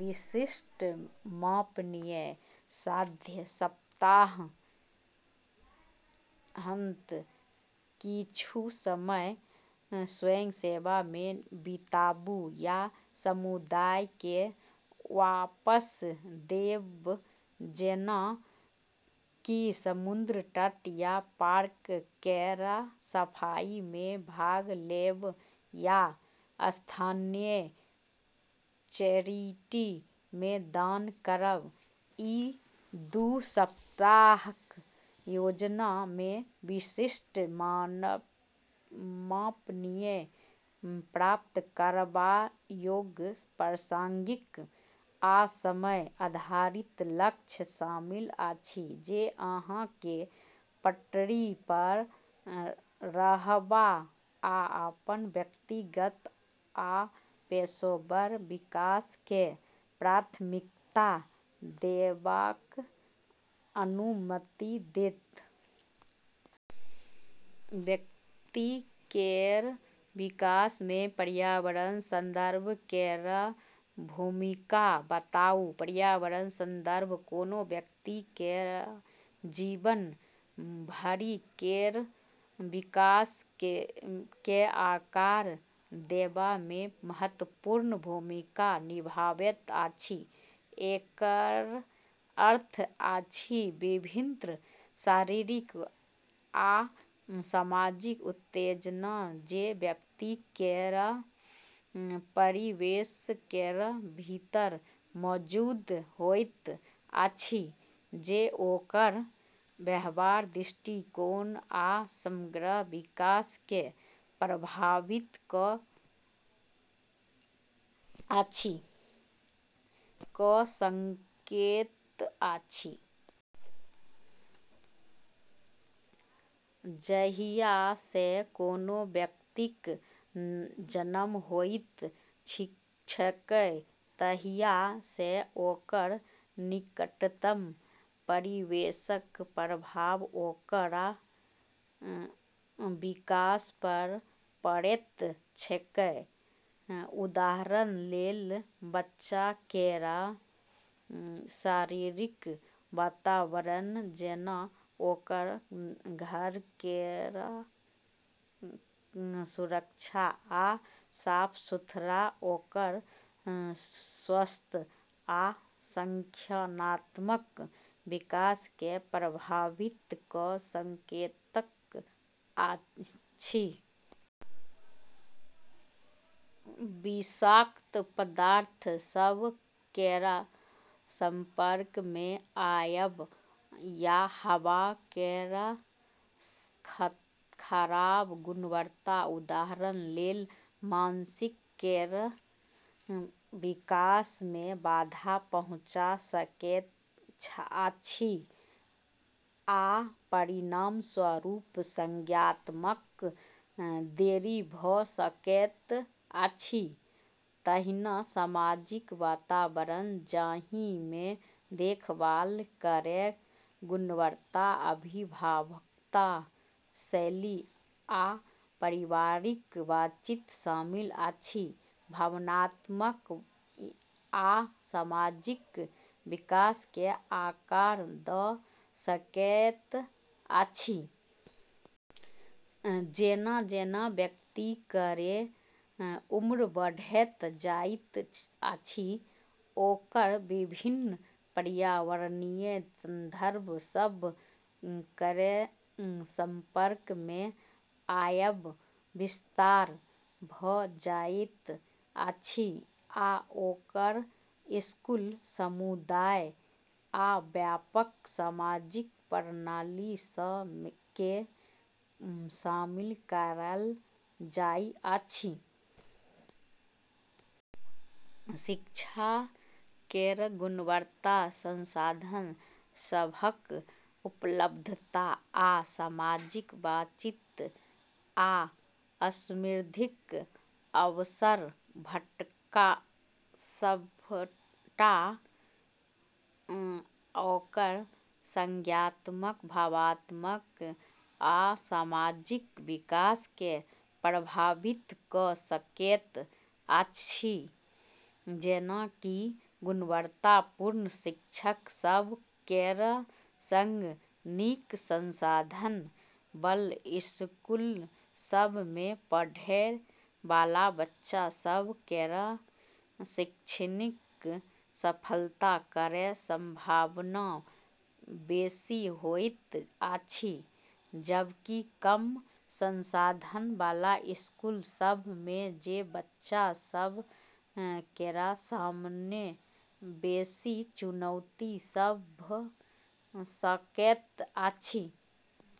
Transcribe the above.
(विशिष्ट, मापनीय, साध्य) सप्ताहांत: किछु समय स्वयंसेवा मे बिताबू या समुदाय केँ वापस देब, जेना कि समुद्र तट या पार्क केर सफाई मे भाग लेब या स्थानीय चैरिटी मे दान करब। ई दू सप्ताहक योजना मे विशिष्ट, मापनीय, प्राप्त करबा योग्य, प्रासंगिक, आ समय आधारित लक्ष्य शामिल अछि, जे अहाँ केँ पटरी पर रहबा आ अपन व्यक्तिगत आ पेशेवर विकास केँ प्राथमिकता देबाक अनुमति देत। व्यक्ति केर विकास मे पर्यावरण संदर्भ केर भूमिका बताऊ। पर्यावरण संदर्भ कोनो व्यक्ति केर जीवन भरि केर विकास केँ आकार देबा मे महत्वपूर्ण भूमिका निभावैत अछि। एकर अर्थ अछि विभिन्न शारीरिक आ सामाजिक उत्तेजना जे व्यक्ति केर परिवेश केर भीतर मौजूद होइत अछि, जे ओकर व्यवहार, दृष्टिकोण आ समग्र विकास केँ प्रभावित कऽ सकैत अछि। जहिया सँ कोनो व्यक्तिक जन्म होइत छैक तहिया सँ ओकर निकटतम परिवेशक प्रभाव ओकर विकास पर पड़ैत छैक। उदाहरण लेल, बच्चा केर शारीरिक वातावरण, जेना ओकर घर केर सुरक्षा आ साफ-सफाई, ओकर स्वास्थ्य आ संज्ञानात्मक विकास केँ प्रभावित कऽ सकैत अछि। विषाक्त पदार्थ सभ केर संपर्क मे आयब या हवा केर खराब गुणवत्ता, उदाहरण लेल, मस्तिष्क केर विकास मे बाधा पहुँचा सकैत अछि आ परिणामस्वरूप संज्ञानात्मक देरी भऽ सकैत अछि। तहिना सामाजिक वातावरण, जाहि मे देखभाल केर गुणवत्ता, अभिभावकत्व शैली, आ पारिवारिक बातचीत शामिल अछि, भावनात्मक आ सामाजिक विकास केँ आकार द' सकैत अछि। जेना-जेना व्यक्ति केर उम्र बढ़ैत जाइत अछि, ओकर विभिन्न पर्यावरणीय संदर्भ सभ केर संपर्क मे आयब विस्तार भऽ जाइत अछि आ ओकर स्कूल, समुदाय आ व्यापक सामाजिक प्रणाली सभ केँ शामिल कएल जाइत अछि। शिक्षा केर गुणवत्ता, संसाधन सभक उपलब्धता, आ सामाजिक बातचीत आ समृद्धिक अवसर सभटा ओकर संज्ञानात्मक, भावनात्मक, आ सामाजिक विकास केँ प्रभावित कऽ सकैत अछि। जेना कि गुणवत्तापूर्ण शिक्षक सभ केर सँग नीक संसाधन बला स्कूल सभ मे पढ़ै बला बच्चा सभ केर शैक्षणिक सफलता केर संभावना बेसी होइत अछि, जबकि कम संसाधन बला स्कूल सभ मे जे बच्चा सभ केर सामने बेसी चुनौती सभ भऽ सकैत अछि।